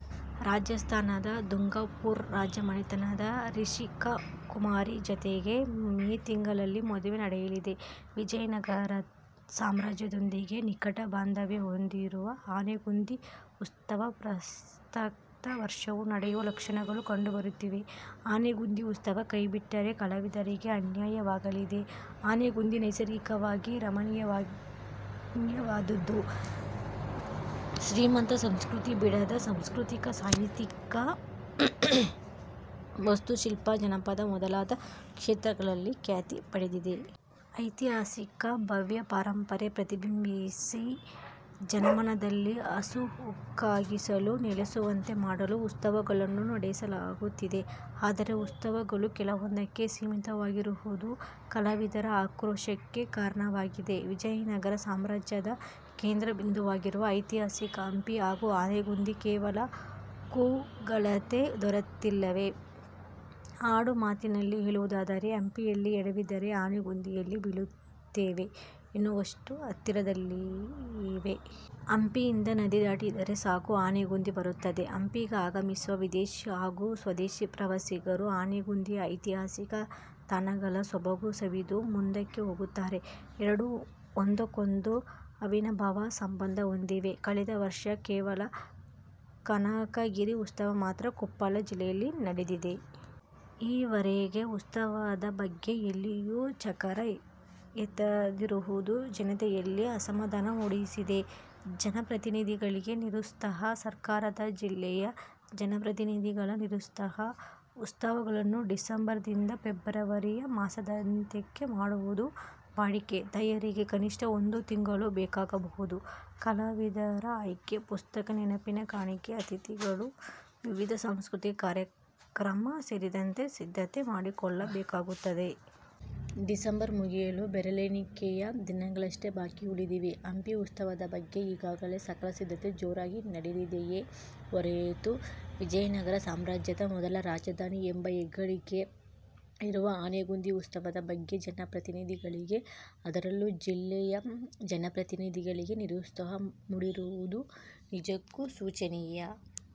ರಾಜಸ್ಥಾನದ ದುಂಗರ್ಪುರ್ ರಾಜಮನೆತನದ ರಿಶಿಕಾಕುಮಾರಿ ಜತೆಗೆ ಮೇ ತಿಂಗಳಲ್ಲಿ ಮದುವೆ ನಡೆಯಲಿದೆ. ವಿಜಯನಗರ ಸಾಮ್ರಾಜ್ಯದೊಂದಿಗೆ ನಿಕಟ ಬಾಂಧವ್ಯ ಹೊಂದಿರುವ ಆನೆಗೊಂದಿ ಉತ್ಸವ ಪ್ರಸಕ್ತ ವರ್ಷವೂ ನಡೆಯದ ಲಕ್ಷಣಗಳು ಕಂಡು ಬರುತ್ತಿವೆ. ಆನೆಗೊಂದಿ ಉತ್ಸವ ಕೈ ಬಿಟ್ಟರೆ ಕಲಾವಿದರಿಗೆ ಅನ್ಯಾಯವಾಗಲಿದೆ. ಆನೆಗೊಂದಿ ನೈಸರ್ಗಿಕವಾಗಿ ರಮಣೀಯವಾದುದ್ದು. ಶ್ರೀಮಂತ ಸಂಸ್ಕೃತಿಯ ಬೀಡಾದ ಸಾಂಸ್ಕೃತಿಕ ಸಾಹಿತ್ಯೀಕ ವಾಸ್ತು ಶಿಲ್ಪ, ಜಾನಪದ ಮೊದಲಾದ ಕ್ಷೇತ್ರಗಳಲ್ಲಿ ಖ್ಯಾತಿ ಪಡೆದಿದೆ. ಐತಿಹಾಸಿಕ ಭವ್ಯ ಪರಂಪರೆ ಪ್ರತಿಬಿಂಬಿಸಿ ಜನಮನದಲ್ಲಿ ಹಾಸುಹೊಕ್ಕಾಗಿಸಲು ನೆಲೆಸುವಂತೆ ಮಾಡಲು ಉತ್ಸವಗಳನ್ನು ನಡೆಸಲಾಗುತ್ತಿದೆ. ಆದರೆ ಉತ್ಸವಗಳು ಕೆಲವೊಂದಕ್ಕೆ ಸೀಮಿತವಾಗಿರುವುದು ಕಲಾವಿದರ ಆಕ್ರೋಶಕ್ಕೆ ಕಾರಣವಾಗಿದೆ. ವಿಜಯನಗರ ಸಾಮ್ರಾಜ್ಯದ ಕೇಂದ್ರಬಿಂದುವಾಗಿರುವ ಐತಿಹಾಸಿಕ ಹಂಪಿ ಹಾಗೂ ಆನೆಗೊಂದಿ ಕೇವಲ ಕೂಗಳತೆ ದೂರದಲ್ಲಿವೆ. ಆಡು ಮಾತಿನಲ್ಲಿ ಹೇಳುವುದಾದರೆ ಹಂಪಿಯಲ್ಲಿ ಎಡವಿದರೆ ಆನೆಗೊಂದಿಯಲ್ಲಿ ಬೀಳುತ್ತೇವೆ ಎನ್ನುವಷ್ಟು ಹತ್ತಿರದಲ್ಲಿವೆ. ಹಂಪಿಯಿಂದ ನದಿ ದಾಟಿದರೆ ಸಾಕು ಆನೆಗೊಂದಿ ಬರುತ್ತದೆ. ಹಂಪಿಗೆ ಆಗಮಿಸುವ ವಿದೇಶಿ ಹಾಗೂ ಸ್ವದೇಶಿ ಪ್ರವಾಸಿಗರು ಆನೆಗೊಂದಿಯ ಐತಿಹಾಸಕ ತಾಣಗಳ ಸೊಬಗು ಸವಿದು ಮುಂದಕ್ಕೆ ಹೋಗುತ್ತಾರೆ. ಎರಡು ಒಂದಕ್ಕೊಂದು ಅವಿನಾಭಾವ ಸಂಬಂಧ ಹೊಂದಿವೆ. ಕಳೆದ ವರ್ಷ ಕೇವಲ ಕನಕಗಿರಿ ಉತ್ಸವ ಮಾತ್ರ ಕೊಪ್ಪಳ ಜಿಲ್ಲೆಯಲ್ಲಿ ನಡೆದಿದೆ. ಈ ವರೆಗೆ ಉತ್ಸವದ ಬಗ್ಗೆ ಎಲ್ಲಿಯೂ ಚಕಾರ ಎತ್ತದಿರುವುದು ಜನತೆಯಲ್ಲಿ ಅಸಮಾಧಾನ ಮೂಡಿಸಿದೆ. ಜನಪ್ರತಿನಿಧಿಗಳಿಗೆ ನಿರುತ್ಸಾಹ: ಸರಕಾರದ, ಜಿಲ್ಲೆಯ ಜನಪ್ರತಿನಿಧಿಗಳ ನಿರುತ್ಸಾಹ: ಉತ್ಸವಗಳನ್ನು ಡಿಸೆಂಬರ್ದಿಂದ ಫೆಬ್ರವರಿ ಮಾಸಾಂತ್ಯಕ್ಕೆ ಮಾಡುವುದು ವಾಡಿಕೆ. ತಯಾರಿಗೆ ಕನಿಷ್ಠ ಒಂದು ತಿಂಗಳು ಬೇಕಾಗಬಹುದು. ಕಲಾವಿದರ ಆಯ್ಕೆ, ಪುಸ್ತಕ, ನೆನಪಿನ ಕಾಣಿಕೆ, ಅತಿಥಿಗಳು ವಿವಿಧ ಸಾಂಸ್ಕೃತಿಕ ಕಾರ್ಯಕ್ರಮ ಸೇರಿದಂತೆ ಸಿದ್ಧತೆ ಮಾಡಿಕೊಳ್ಳಬೇಕಾಗುತ್ತದೆ. ಡಿಸೆಂಬರ್ ಮುಗಿಯಲು ಬೆರಳೆಣಿಕೆಯ ದಿನಗಳಷ್ಟೇ ಬಾಕಿ ಉಳಿದಿವೆ. ಹಂಪಿ ಉತ್ಸವದ ಬಗ್ಗೆ ಈಗಾಗಲೇ ಸಕಲ ಸಿದ್ಧತೆ ಜೋರಾಗಿ ನಡೆದಿದೆಯೇ ಹೊರತು ವಿಜಯ ನಗರ ಸಾಮ್ರಾಜ್ಯದ ಮೊದಲ ರಾಜಧಾನಿ ಎಂಬ ಹೆಗ್ಗಳಿಕೆ ಇರುವ ಆನೆಗೊಂದಿ ಉತ್ಸವದ ಬಗ್ಗೆ ಜನಪ್ರತಿನಿಧಿಗಳಿಗೆ ಅದರಲ್ಲೂ ಜಿಲ್ಲೆಯ ಜನಪ್ರತಿನಿಧಿಗಳಿಗೆ ನಿರುತ್ಸಾಹ ಮೂಡಿರುವುದು ನಿಜಕ್ಕೂ ಶೋಚನೀಯ.